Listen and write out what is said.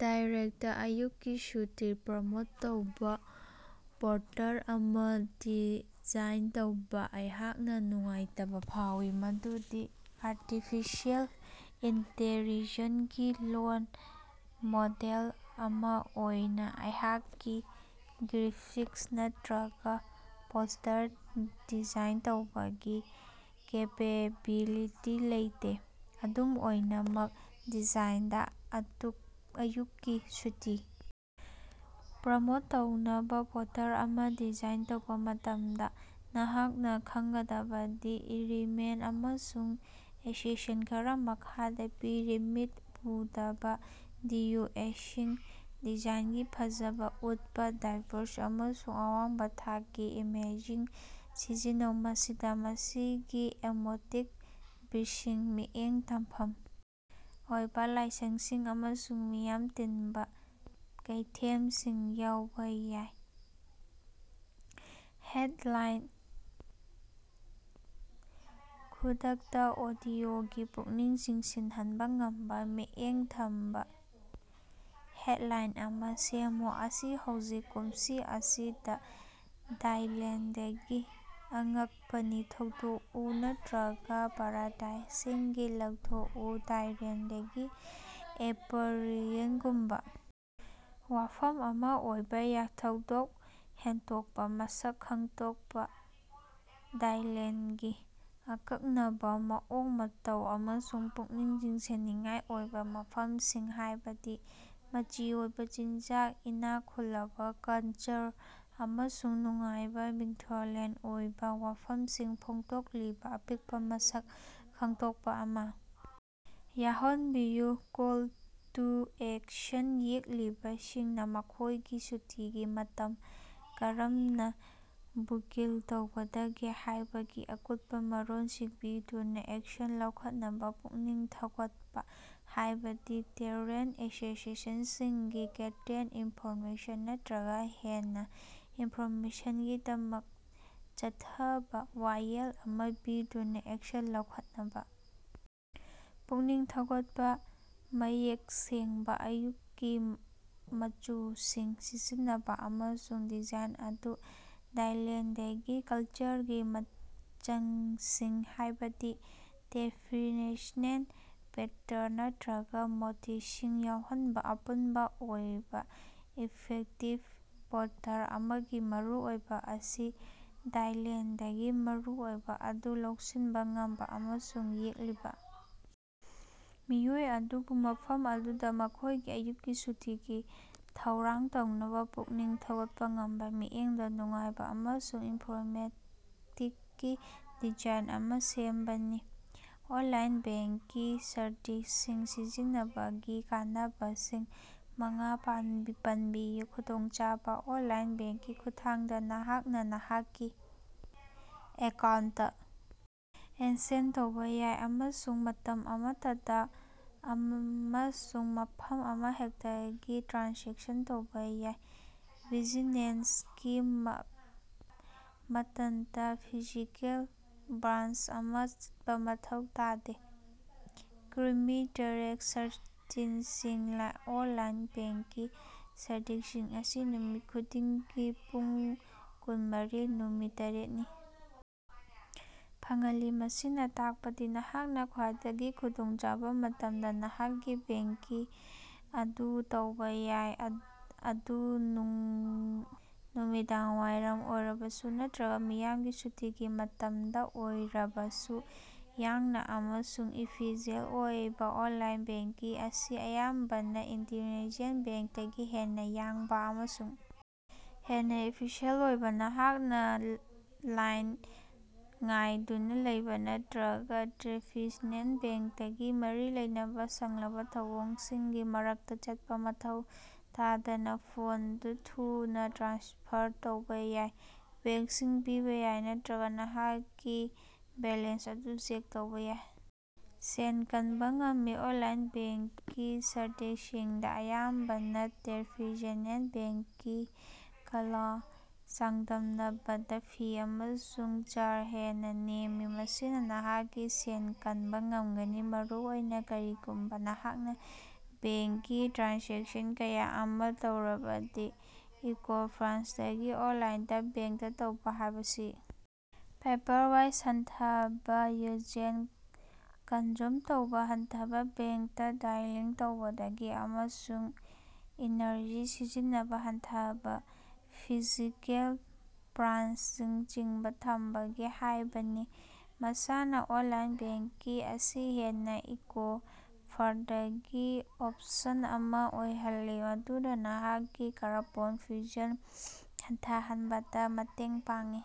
ꯊꯥꯏꯂꯦꯟꯗꯗ ꯑꯌꯨꯛꯀꯤ ꯁꯨꯇꯤ ꯄ꯭ꯔꯃꯣꯠ ꯇꯧꯕ ꯄꯣꯁ꯭ꯇꯔ ꯑꯃ ꯗꯤꯖꯥꯏꯟ ꯇꯧꯕ꯫ ꯑꯩꯍꯥꯛꯅ ꯅꯨꯡꯉꯥꯏꯇꯕ ꯐꯥꯎꯏ, ꯑꯗꯨꯕꯨ ꯑꯥꯔꯇꯤꯐꯤꯁꯤꯑꯦꯜ ꯏꯟꯇꯦꯂꯤꯖꯦꯟꯁ ꯒꯤ ꯂꯣꯜ ꯃꯣꯗꯦꯜ ꯑꯃ ꯑꯣꯏꯅ ꯑꯩꯍꯥꯛꯀꯤ ꯒ꯭ꯔꯥꯐꯤꯛꯁ ꯅꯠꯇꯔꯒ ꯄꯣꯁ꯭ꯇꯔ ꯗꯤꯖꯥꯏꯟ ꯇꯧꯕꯒꯤ ꯀꯦꯄꯦꯕꯤꯂꯤꯇꯤ ꯂꯩꯇꯦ꯫ ꯑꯗꯨꯝ ꯑꯣꯏꯅꯃꯛ, ꯊꯥꯏꯂꯦꯟꯗꯗ ꯑꯌꯨꯛꯀꯤ ꯁꯨꯇꯤ ꯄ꯭ꯔꯃꯣꯠ ꯇꯧꯅꯕ ꯄꯣꯁ꯭ꯇꯔ ꯑꯃ ꯗꯤꯖꯥꯏꯟ ꯇꯧꯕ ꯃꯇꯝꯗ ꯅꯍꯥꯛꯅ ꯈꯪꯒꯗꯕ ꯏꯂꯤꯃꯦꯟꯠ ꯑꯃꯁꯨꯡ ꯁꯖꯦꯁꯟ ꯈꯔ ꯃꯈꯥꯗ ꯄꯤꯔꯤ: ꯃꯤꯠ ꯎꯗꯕ ꯚꯤꯖꯨꯑꯦꯂꯁꯤꯡ: ꯊꯥꯏꯂꯦꯟꯗꯒꯤ ꯐꯖꯕ ꯎꯠꯄ ꯚꯥꯏꯕ꯭ꯔꯦꯟꯠ ꯑꯃꯁꯨꯡ ꯑꯋꯥꯡꯕ ꯊꯥꯛꯀꯤ ꯏꯃꯦꯖꯁꯤꯡ ꯁꯤꯖꯤꯟꯅꯧ꯫ ꯃꯁꯤꯗ ꯃꯁꯤꯒꯤ ꯑꯦꯛꯁꯣꯇꯤꯛ ꯕꯤꯆꯁꯤꯡ, ꯃꯤꯠꯌꯦꯡ ꯊꯝꯐꯝ ꯑꯣꯏꯕ ꯂꯥꯏꯁꯪꯁꯤꯡ ꯑꯃꯁꯨꯡ ꯃꯤ ꯌꯥꯝꯅ ꯇꯤꯟꯕ ꯀꯩꯊꯦꯝꯁꯤꯡ ꯌꯥꯎꯕ ꯌꯥꯏ꯫ ꯍꯦꯗꯂꯥꯏꯟ ꯈꯨꯗꯛꯇꯥ ꯑꯣꯗꯤꯑꯣꯒꯤ ꯄꯨꯛꯅꯤꯡ ꯆꯤꯡꯁꯤꯍꯟꯕ ꯉꯝꯕ ꯃꯤꯠꯌꯦꯡ ꯊꯝꯕ ꯍꯦꯗꯂꯥꯏꯟ ꯑꯃꯥ ꯁꯦꯝꯃꯨ꯫ ꯃꯁꯤ ꯍꯧꯖꯤꯛ ꯀꯨꯝꯁꯤ ꯑꯁꯤꯗ ꯊꯥꯏꯂꯦꯟꯗꯒꯤ ꯑꯉꯛꯄꯁꯤꯡ ꯈꯣꯗꯣꯛꯎ ꯅꯠꯇꯔꯒ ꯄꯥꯔꯥꯗꯥꯏꯁꯇꯒꯤ ꯂꯥꯞꯊꯣꯛꯎ ꯊꯥꯏꯂꯦꯟꯗꯒꯤ ꯑꯦꯛꯁꯄꯔꯤꯌꯦꯟꯁ ꯒꯨꯝꯕ ꯋꯥꯐꯝ ꯑꯃ ꯑꯣꯏꯕ ꯌꯥꯏ꯫ ꯊꯣꯏꯗꯣꯛ ꯍꯦꯟꯗꯣꯛꯄ ꯃꯁꯛ ꯈꯪꯗꯣꯛꯄ: ꯊꯥꯏꯂꯦꯟꯗꯒꯤ ꯑꯈꯟꯅꯕꯕꯃꯑꯣꯡ ꯃꯇꯧ ꯑꯃꯁꯨꯡ ꯄꯨꯛꯅꯤꯡ ꯆꯤꯡꯁꯤꯟꯅꯤꯡꯉꯥꯏ ꯑꯣꯏꯕ ꯃꯐꯝꯁꯤꯡ, ꯍꯥꯏꯕꯗꯤ ꯃꯆꯤ ꯑꯣꯏꯕ ꯆꯤꯟꯖꯥꯛ, ꯏꯅꯥꯛ ꯈꯨꯜꯂꯕ ꯀꯜꯆꯔ, ꯑꯃꯁꯨꯡ ꯅꯨꯡꯉꯥꯏꯕ ꯃꯤꯊꯨꯡꯂꯦꯟ ꯑꯣꯏꯕ ꯋꯥꯐꯝꯁꯤꯡ ꯐꯣꯡꯗꯣꯛꯂꯤꯕ ꯑꯄꯤꯛꯄ ꯃꯁꯛ ꯈꯪꯗꯣꯛꯄ ꯑꯃ ꯌꯥꯎꯍꯟꯕꯤꯌꯨ꯫ ꯀꯣꯜ ꯇꯨ ꯑꯦꯛꯁꯟ: ꯌꯦꯡꯂꯤꯕꯁꯤꯡꯅ ꯃꯈꯣꯏꯒꯤ ꯁꯨꯇꯤꯒꯤ ꯃꯇꯝ ꯀꯔꯝꯅ ꯕꯨꯀꯤꯡ ꯇꯧꯒꯗꯒꯦ ꯍꯥꯏꯕꯒꯤ ꯑꯀꯨꯞꯄ ꯃꯔꯣꯜꯁꯤꯡ ꯄꯤꯗꯨꯅ ꯑꯦꯛꯁꯟ ꯂꯧꯈꯠꯅꯕ ꯄꯨꯛꯅꯤꯡ ꯊꯧꯒꯠꯄ, ꯍꯥꯏꯕꯗꯤ ꯇ꯭ꯔꯦꯚꯦꯜ ꯑꯦꯖꯦꯟꯁꯤꯁꯤꯡꯒꯤ ꯀꯟꯇꯦꯛ ꯏꯟꯐꯣꯔꯃꯦꯁꯟ ꯅꯠꯇꯔꯒꯥ ꯍꯦꯟꯅ ꯏꯟꯐꯣꯔꯃꯦꯁꯟꯒꯤꯗꯃꯛꯇ ꯆꯠꯛꯗꯕ ꯋꯦꯕꯁꯥꯏꯠ ꯑꯃꯥ ꯄꯤꯗꯨꯅ ꯑꯦꯛꯁꯟ ꯂꯧꯈꯠꯅꯕ ꯄꯨꯛꯅꯤꯡ ꯊꯧꯒꯠꯄ꯫ ꯃꯌꯦꯛ ꯁꯦꯡꯕ, ꯑꯌꯨꯛꯀꯤ ꯃꯆꯨꯁꯤꯡ ꯁꯤꯖꯤꯟꯅꯕ ꯑꯃꯁꯨꯡ ꯗꯤꯖꯥꯏꯟ ꯑꯗꯨꯗ ꯊꯥꯏꯂꯦꯟꯗꯒꯤ ꯀꯜꯆꯔꯒꯤ ꯃꯆꯥꯛꯁꯤꯡ, ꯍꯥꯏꯕꯗꯤ ꯇ꯭ꯔꯦꯗꯤꯁ꯭ꯅꯦꯜ ꯄꯦꯇꯔꯟ ꯅꯠꯇꯔꯒ ꯃꯣꯇꯤꯐꯁꯤꯡ ꯌꯥꯎꯍꯟꯕ꯫ ꯑꯄꯨꯟꯕ ꯑꯣꯏꯅ, ꯏꯐꯦꯛꯇꯤꯕ ꯄꯣꯁ꯭ꯇꯔ ꯑꯃꯒꯤ ꯃꯔꯨꯑꯣꯏꯕ ꯑꯁꯤ ꯊꯥꯏꯂꯦꯟꯗꯒꯤ ꯃꯔꯨꯑꯣꯏꯕ ꯑꯗꯨ ꯂꯧꯁꯤꯟꯕ ꯉꯝꯕ ꯑꯃꯁꯨꯡ ꯌꯦꯡꯂꯤꯕ ꯃꯤꯑꯣꯏ ꯑꯗꯨꯕꯨ ꯃꯐꯝ ꯑꯗꯨꯗꯥ ꯃꯈꯣꯏꯒꯤ ꯑꯌꯨꯛꯀꯤ ꯁꯨꯇꯤꯒꯤ ꯊꯧꯔꯥꯡ ꯇꯧꯅꯕ ꯄꯨꯛꯅꯤꯡ ꯊꯧꯒꯠꯄ ꯉꯝꯕ ꯃꯤꯠꯌꯦꯡꯗ ꯅꯨꯡꯉꯥꯏꯕ ꯑꯃꯁꯨꯡ ꯏꯟꯐꯣꯔꯃꯦꯇꯤꯕ ꯗꯤꯖꯥꯏꯟ ꯑꯃ ꯁꯦꯝꯕꯅꯤ꯫ ꯑꯣꯟꯂꯥꯏꯟ ꯕꯦꯡꯀꯤꯡ ꯁꯔꯚꯤꯁꯁꯤꯡ ꯁꯤꯖꯤꯟꯅꯕꯒꯤ ꯀꯥꯟꯅꯕꯁꯤꯡ ꯃꯉꯥ ꯄꯟꯕꯤꯌꯨ꯫ ꯈꯨꯗꯣꯡꯆꯥꯕꯥ ꯑꯣꯟꯂꯥꯏꯟ ꯕꯦꯡꯀꯤꯡꯒꯤ ꯈꯨꯠꯊꯥꯡꯗ, ꯅꯍꯥꯛꯅ ꯅꯍꯥꯛꯀꯤ ꯑꯦꯀꯥꯎꯟꯠꯇ ꯑꯦꯛꯁꯦꯁ ꯇꯧꯕ ꯌꯥꯏ ꯑꯃꯁꯨꯡ ꯃꯇꯝ ꯑꯃꯠꯇꯗ ꯑꯃꯁꯨꯡ ꯃꯐꯝ ꯑꯃꯍꯦꯛꯇꯗꯒꯤ ꯇ꯭ꯔꯥꯟꯖꯦꯛꯁꯟ ꯇꯧꯕꯥ ꯌꯥꯏ, ꯕꯤꯖꯤꯅꯦꯁꯀꯤ ꯃꯇꯃꯗ ꯐꯤꯖꯤꯀꯦꯜ ꯕ꯭ꯔꯥꯟꯆ ꯑꯃꯗ ꯆꯠꯄ ꯃꯊꯧ ꯇꯥꯗꯦ꯫ ꯀꯨꯟꯃꯔꯤ/ꯇꯔꯦꯠ ꯁꯔꯚꯤꯁꯁꯤꯡ: ꯑꯣꯟꯂꯥꯏꯟ ꯕꯦꯡꯀꯤꯡ ꯁꯔꯚꯤꯁꯁꯤꯡ ꯑꯁꯤ ꯅꯨꯃꯤꯠ ꯈꯨꯗꯤꯡꯒꯤ ꯄꯨꯡ ꯀꯨꯟꯃꯔꯤ, ꯅꯨꯃꯤꯠ ꯇꯔꯦꯠ ꯅꯤ ꯐꯪꯍꯜꯂꯤ꯫ ꯃꯁꯤꯅꯥ ꯇꯥꯛꯄꯗꯤ ꯅꯍꯥꯛꯅ ꯈ꯭ꯋꯥꯏꯗꯒꯤ ꯈꯨꯗꯣꯡꯆꯥꯕ ꯃꯇꯝꯗ ꯅꯍꯥꯛꯀꯤ ꯕꯦꯡꯀꯤꯡ ꯑꯗꯨ ꯇꯧꯕ ꯌꯥꯏ, ꯃꯗꯨ ꯅꯨꯃꯤꯗꯥꯡꯋꯥꯏꯔꯝ ꯑꯣꯏꯔꯕꯁꯨ ꯅꯠꯇꯔꯒ ꯃꯤꯌꯥꯝꯒꯤ ꯁꯨꯇꯤꯒꯤ ꯃꯇꯝꯗ ꯑꯣꯏꯔꯕꯁꯨ꯫ ꯌꯥꯡꯅ ꯑꯃꯁꯨꯡ ꯏꯐꯤꯁꯤꯑꯦꯟꯠ ꯑꯣꯏꯕꯥ: ꯑꯣꯟꯂꯥꯏꯟ ꯕꯦꯡꯀꯤꯡ ꯑꯁꯤ ꯑꯌꯥꯝꯕꯅ ꯇ꯭ꯔꯦꯗꯤꯁꯅꯦꯜ ꯕꯦꯡꯀꯤꯡꯗꯒꯤ ꯍꯦꯟꯅ ꯌꯥꯡꯅ ꯑꯃꯁꯨꯡ ꯍꯦꯟꯅ ꯏꯐꯤꯁꯤꯑꯦꯟꯠ ꯑꯣꯏ꯫ ꯅꯍꯥꯛꯅ ꯂꯥꯏꯟꯗ ꯉꯥꯏꯗꯨꯅ ꯂꯩꯕ ꯅꯠꯇꯔꯒ ꯇ꯭ꯔꯦꯗꯤꯁꯅꯦꯜ ꯕꯦꯡꯀꯤꯡꯒ ꯃꯔꯤ ꯂꯩꯅꯕ ꯁꯥꯡꯂꯕ ꯊꯧꯑꯣꯡꯁꯤꯡꯒꯤ ꯃꯔꯛꯇ ꯆꯠꯄ ꯃꯊꯧ ꯇꯥꯗꯅ ꯐꯣꯟꯗ ꯊꯨꯅ ꯇ꯭ꯔꯥꯟꯁꯐꯔ ꯇꯧꯕꯥ ꯌꯥꯏ, ꯕꯤꯂꯁꯤꯡ ꯄꯤꯕ ꯌꯥꯏ ꯅꯠꯇꯔꯒ ꯅꯍꯥꯛꯀꯤ ꯕꯦꯂꯦꯟꯁ ꯑꯗꯨ ꯆꯦꯛ ꯇꯧꯕ ꯌꯥꯏ꯫ ꯁꯦꯟ ꯀꯟꯕ ꯉꯝꯃꯤ: ꯑꯣꯟꯂꯥꯏꯟ ꯕꯦꯡꯀꯤꯡ ꯁꯔꯚꯤꯁꯁꯤꯡꯗ ꯑꯌꯥꯝꯕꯅ ꯇ꯭ꯔꯦꯗꯤꯁꯅꯦꯜ ꯕꯦꯡꯀꯤꯡꯒꯥꯂ ꯆꯥꯡꯗꯝꯅꯕꯗ ꯐꯤ ꯑꯃꯁꯨꯡ ꯆꯥꯔꯖ ꯍꯦꯟꯅ ꯅꯦꯝꯃꯤ꯫ ꯃꯁꯤꯅ ꯅꯍꯥꯛꯀꯤ ꯁꯦꯟ ꯀꯟꯕ ꯉꯝꯒꯅꯤ, ꯃꯔꯨꯑꯣꯏꯅ ꯀꯔꯤꯒꯨꯝꯕ ꯅꯍꯥꯛꯅ ꯕꯦꯡꯀꯤꯡꯒꯤ ꯇ꯭ꯔꯥꯟꯖꯦꯛꯁꯟ ꯀꯌ ꯑꯃ ꯇꯧꯔꯕꯗꯤ꯫ ꯏꯀꯣ-ꯐ꯭ꯔꯦꯟꯗꯂꯤ: ꯑꯣꯟꯂꯥꯏꯟꯗꯥ ꯕꯦꯡꯛ ꯇꯧꯕ ꯍꯥꯏꯕꯁꯤ ꯄꯦꯄꯔ ꯋꯦꯁ꯭ꯠ ꯍꯟꯊꯕ, ꯐ꯭ꯌꯨꯑꯦꯜ ꯀꯟꯖꯨꯝ ꯇꯧꯕ ꯍꯟꯊꯕ (ꯕꯦꯡꯀꯇ ꯗ꯭ꯔꯥꯏꯚꯤꯡ ꯇꯧꯕꯗꯒꯤ), ꯑꯃꯁꯨꯡ ꯏꯅꯔꯖꯤ ꯁꯤꯖꯤꯟꯅꯕ ꯍꯟꯊꯕ (ꯐꯤꯖꯤꯀꯦꯜ ꯕ꯭ꯔꯥꯟꯆꯁꯤꯡ ꯊꯝꯕꯗꯒꯤ) ꯍꯥꯏꯕꯅꯤ꯫ ꯃꯁꯤꯅꯥ ꯑꯣꯟꯂꯥꯏꯟ ꯕꯦꯡꯀꯤꯡ ꯑꯁꯤ ꯍꯦꯟꯅ ꯏꯀꯣ-ꯐ꯭ꯔꯦꯟꯗꯂꯤ ꯑꯣꯞꯁꯟ ꯑꯃ ꯑꯣꯏꯍꯜꯂꯤ ꯃꯗꯨꯅ ꯅꯍꯥꯛꯀꯤ ꯀꯥꯔꯕꯣꯟ ꯐꯨꯠꯞꯔꯤꯟꯠ ꯍꯟꯊꯍꯟꯕꯗ ꯃꯇꯦꯡ ꯄꯥꯡꯏ꯫